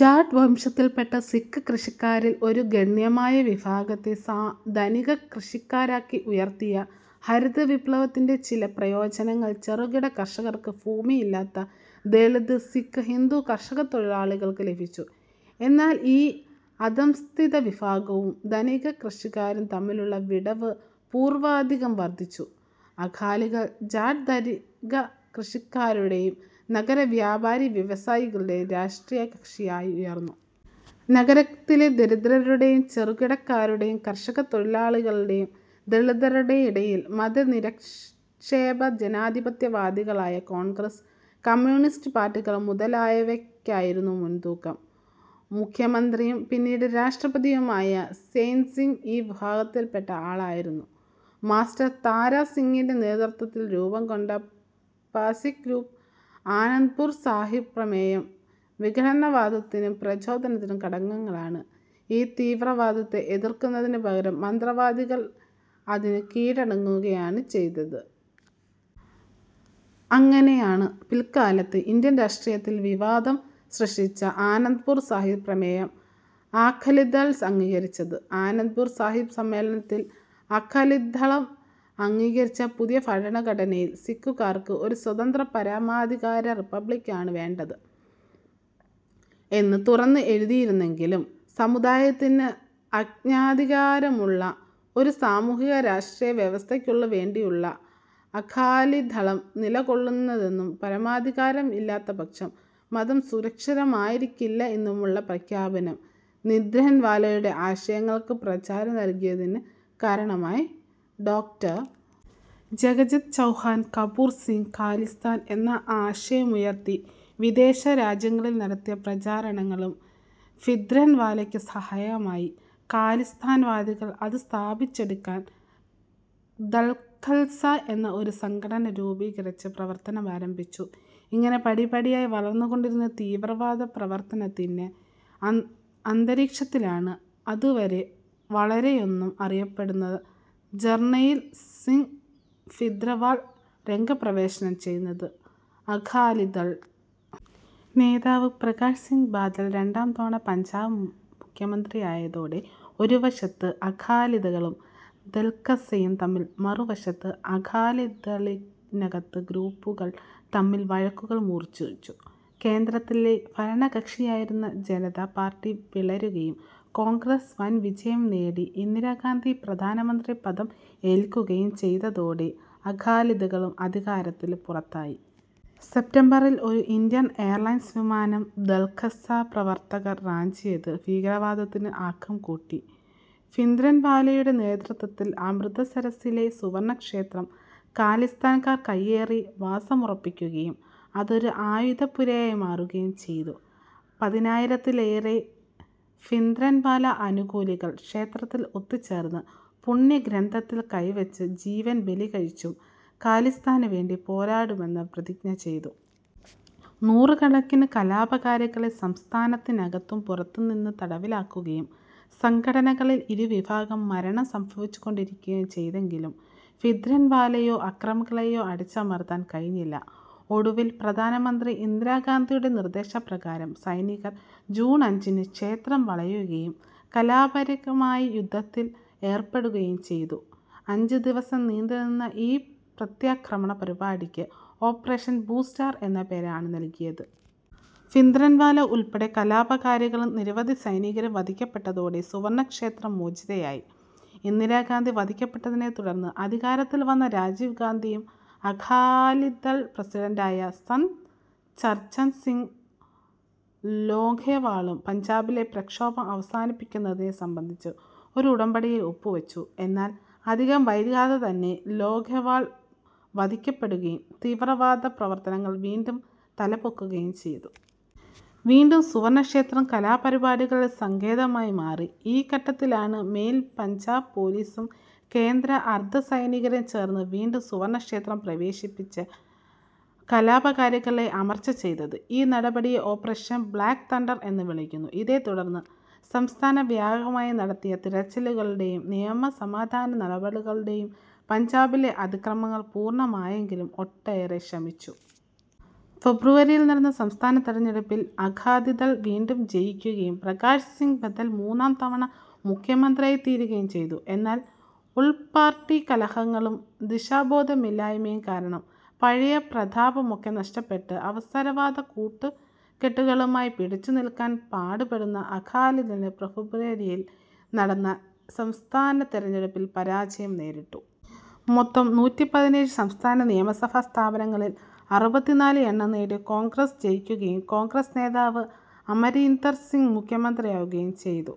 ജാട്ട് വംശത്തിൽപ്പെട്ട സിക്ക് കൃഷിക്കാരിൽ ഒരു ഗണ്യമായ വിഭാഗത്തെ ധനിക കൃഷിക്കാരാക്കി ഉയർത്തിയ ഹരിത വിപ്ലവത്തിൻ്റെ ചില പ്രയോജനങ്ങൾ ചെറുകിട കർഷകർക്കും ഭൂമിയില്ലാത്ത ദലിത് സിക്ക്, ഹിന്ദു കർഷകത്തൊഴിലാളികൾക്കും ലഭിച്ചു. എന്നാൽ ഈ അധഃസ്ഥിത വിഭാഗവും ധനിക കൃഷിക്കാരും തമ്മിലുള്ള വിടവ് പൂർവാധികം വർധിച്ചു. അകാലികൾ ജാട്ട് ധനിക കൃഷിക്കാരുടെയും നഗര വ്യാപാരി വ്യവസായികളുടെയും രാഷ്ട്രീയ കക്ഷിയായി ഉയർന്നു. നഗരത്തിലെ ദരിദ്രരുടെയും ചെറുകിടക്കാരുടെയും കർഷകത്തൊഴിലാളികളായ ദലിതരുടെയും ഇടയിൽ മതനിരപേക്ഷ ജനാധിപത്യവാദികളായ കോൺഗ്രസ്, കമ്യൂണിസ്റ്റ് പാർട്ടികൾ മുതലായവയ്ക്കായിരുന്നു മുൻതൂക്കം. മുഖ്യമന്ത്രിയും പിന്നീട് രാഷ്ട്രപതിയുമായ സെയിൽസിങ് ഈ വിഭാഗത്തിൽപ്പെട്ട ആളായിരുന്നു. മാസ്റ്റർ താരാസിങ്ങിൻ്റെ നേതൃത്വത്തിൽ രൂപംകൊണ്ട പാന്ഥിക് ഗ്രൂപ്പും ആനന്ദ്പുർ സാഹിബ് പ്രമേയവും വിഘടനവാദത്തിന് പ്രചോദക ഘടകങ്ങളാണ്. ഈ തീവ്രവാദത്തെ എതിർക്കുന്നതിനുപകരം മിതവാദികൾ അതിന് കീഴടങ്ങുകയാണ് ചെയ്തത്. അങ്ങനെയാണ് പിൽക്കാലത്ത് ഇന്ത്യൻ രാഷ്ട്രീയത്തിൽ വിവാദം സൃഷ്ടിച്ച ആനന്ദ്പുർ സാഹിബ് പ്രമേയം അകാലിദൾ അംഗീകരിച്ചത്. ആനന്ദ്പുർ സാഹിബ് സമ്മേളനത്തിൽ അകാലിദളം അംഗീകരിച്ച പുതിയ ഭരണഘടനയിൽ സിക്കുകാർക്ക് ഒരു സ്വതന്ത്ര പരമാധികാര റിപ്പബ്ലിക്കാണ് വേണ്ടത് എന്ന് തുറന്ന് എഴുതിയിരുന്നില്ലെങ്കിലും, സമുദായത്തിന് ആജ്ഞാധികാരമുള്ള ഒരു സാമൂഹ്യ രാഷ്ട്രീയ വ്യവസ്ഥയ്ക്കു വേണ്ടിയാണ് അകാലിദളം നിലകൊള്ളുന്നതെന്നും പരമാധികാരം ഇല്ലാത്തപക്ഷം മതം സുരക്ഷിതമായിരിക്കില്ല എന്നുമുള്ള പ്രഖ്യാപനം ഭിന്ദ്രൻവാലയുടെ ആശയങ്ങൾക്ക് പ്രചാരം നൽകുന്നതിന് കാരണമായി.ഡോ. ജഗജിത് ചൗഹാനും കപൂർ സിങ്ങും ഖാലിസ്ഥാൻ എന്ന ആശയമുയർത്തി വിദേശരാജ്യങ്ങളിൽ നടത്തിയ പ്രചാരണങ്ങളും ഭിന്ദ്രൻവാലയ്ക്ക് സഹായകമായി. ഖാലിസ്ഥാൻ വാദികൾ അതു സ്ഥാപിച്ചെടുക്കാൻ ദൾഖൽസ എന്ന ഒരു സംഘടന രൂപീകരിച്ച് പ്രവർത്തനമാരംഭിച്ചു. ഇങ്ങനെ പടിപടിയായി വളർന്നുകൊണ്ടിരുന്ന തീവ്രവാദ പ്രവർത്തനത്തിൻ്റെ അന്തരീക്ഷത്തിലാണ് അതുവരെ വളരെയൊന്നും അറിയപ്പെടാതിരുന്ന ജർണയിൽ സിങ് ഭിന്ദ്രൻവാല രംഗപ്രവേശം ചെയ്യുന്നത്. അകാലിദൾ നേതാവ് പ്രകാശ് സിങ് ബാദൽ രണ്ടാം തവണ പഞ്ചാബ് മുഖ്യമന്ത്രിയായതോടെ ഒരുവശത്ത് അകാലിദളും ദൾഖൽസയും തമ്മിലും മറുവശത്ത് അകാലിദളിനകത്തെ ഗ്രൂപ്പുകൾ തമ്മിലും വഴക്കുകൾ മൂർച്ഛിച്ചു. കേന്ദ്രത്തിലെ ഭരണകക്ഷിയായിരുന്ന ജനതാ പാർട്ടി പിളരുകയും കോൺഗ്രസ് വൻവിജയം നേടി ഇന്ദിരാഗാന്ധി പ്രധാനമന്ത്രി പദം ഏൽക്കുകയും ചെയ്തതോടെ അകാലിദളും അധികാരത്തിന് പുറത്തായി. സെപ്റ്റംബറിൽ ഒരു ഇന്ത്യൻ എയർലൈൻസ് വിമാനം ദൾഖൽസ പ്രവർത്തകർ റാഞ്ചിയത് ഭീകരവാദത്തിന് ആക്കം കൂട്ടി. ഭിന്ദ്രൻവാലയുടെ നേതൃത്വത്തിൽ അമൃതസരസ്സിലെ സുവർണക്ഷേത്രം ഖാലിസ്ഥാൻകാർ കൈയേറി വാസമുറപ്പിക്കുകയും അതൊരു ആയുധപ്പുരയായി മാറ്റുകയും ചെയ്തു. പതിനായിരത്തിലേറെ ഭിന്ദ്രൻവാല അനുകൂലികൾ ക്ഷേത്രത്തിൽ ഒത്തുചേർന്ന് പുണ്യഗ്രന്ഥത്തിൽ കൈവച്ച് ജീവൻ ബലികഴിച്ചും ഖാലിസ്ഥാനുവേണ്ടി പോരാടുമെന്നും പ്രതിജ്ഞ ചെയ്തു. നൂറുകണക്കിന് കലാപകാരികളെ സംസ്ഥാനത്തിനകത്തും പുറത്തുനിന്നും തടവിലാക്കുകയും സംഘട്ടനങ്ങളിൽ ഇരു വിഭാഗത്തും മരണം സംഭവിച്ചുകൊണ്ടിരിക്കുകയും ചെയ്തെങ്കിലും ഭിന്ദ്രൻവാലയെയോ അക്രമികളെയോ അടിച്ചമർത്താൻ കഴിഞ്ഞില്ല. ഒടുവിൽ പ്രധാനമന്ത്രി ഇന്ദിരാഗാന്ധിയുടെ നിർദ്ദേശപ്രകാരം സൈനികർ ജൂൺ അഞ്ചിന് ക്ഷേത്രം വളയുകയും കലാപകാരികളുമായി യുദ്ധത്തിൽ ഏർപ്പെടുകയും ചെയ്തു. അഞ്ചുദിവസം നീണ്ടുനിന്ന ഈ പ്രത്യാക്രമണ പരിപാടിക്ക് ഓപ്പറേഷൻ ബ്ലൂസ്റ്റാർ എന്ന പേരാണ് നൽകിയത്. ഭിന്ദ്രൻവാല ഉൾപ്പെടെ കലാപകാരികളും നിരവധി സൈനികരും വധിക്കപ്പെട്ടതോടെ സുവർണക്ഷേത്രം മോചിതമായി. ഇന്ദിരാഗാന്ധി വധിക്കപ്പെട്ടതിനെത്തുടർന്ന് അധികാരത്തിൽ വന്ന രാജീവ്ഗാന്ധിയും അകാലിദൾ പ്രസിഡന്റായ സന്ത് ഹർചന്ദ് സിങ് ലോംഗെവാളും പഞ്ചാബിലെ പ്രക്ഷോഭം അവസാനിപ്പിക്കുന്നതിനെ സംബന്ധിച്ച് ഒരു ഉടമ്പടിയിൽ ഒപ്പുവെച്ചു. എന്നാൽ അധികം വൈകാതെ തന്നെ ലോംഗെവാൾ വധിക്കപ്പെടുകയും തീവ്രവാദ പ്രവർത്തനങ്ങൾ വീണ്ടും തലപൊക്കുകയും ചെയ്തു. വീണ്ടും സുവർണക്ഷേത്രം കലാപകാരികളുടെ സങ്കേതമായി മാറി. ഈ ഘട്ടത്തിലാണ് മേയിൽ പഞ്ചാബ് പൊലീസും കേന്ദ്ര അർധസൈനികരും ചേർന്ന് വീണ്ടും സുവർണക്ഷേത്രത്തിൽ പ്രവേശിച്ച് കലാപകാരികളെ അമർച്ച ചെയ്തത്. ഈ നടപടിയെ ഓപ്പറേഷൻ ബ്ലാക്ക് തണ്ടർ എന്ന് വിളിക്കുന്നു. ഇതേത്തുടർന്ന് സംസ്ഥാനവ്യാപകമായി നടത്തിയ തിരച്ചിലുകളിലൂടെയും നിയമസമാധാന നടപടികളിലൂടെയും പഞ്ചാബിലെ അതിക്രമങ്ങൾ പൂർണമായല്ലെങ്കിലും ഒട്ടൊക്കെ ശമിച്ചു. ഫെബ്രുവരിയിൽ നടന്ന സംസ്ഥാന തെരഞ്ഞെടുപ്പിൽ അകാലിദൾ വീണ്ടും ജയിക്കുകയും പ്രകാശ് സിങ് ബാദൽ മൂന്നാം തവണ മുഖ്യമന്ത്രിയായിത്തീരുകയും ചെയ്തു. എന്നാൽ ഉൾപ്പാർട്ടി കലഹങ്ങളും ദിശാബോധമില്ലായ്മയും കാരണം പഴയ പ്രതാപമൊക്കെ നഷ്ടപ്പെട്ട് അവസരവാദ കൂട്ടുകെട്ടുകളുമായി പിടിച്ചുനിൽക്കാൻ പാടുപെടുന്ന അകാലിദളിന് ഫെബ്രുവരിയിൽ നടന്ന സംസ്ഥാന തെരഞ്ഞെടുപ്പിൽ പരാജയം നേരിട്ടു. മൊത്തം നൂറ്റിപ്പതിനേഴ് സംസ്ഥാന നിയമസഭാ സ്ഥാനങ്ങളിൽ അറുപത്തിനാല് എണ്ണം നേടിയ കോൺഗ്രസ് ജയിക്കുകയും കോൺഗ്രസ് നേതാവ് അമരീന്ദർ സിങ് മുഖ്യമന്ത്രിയാവുകയും ചെയ്തു.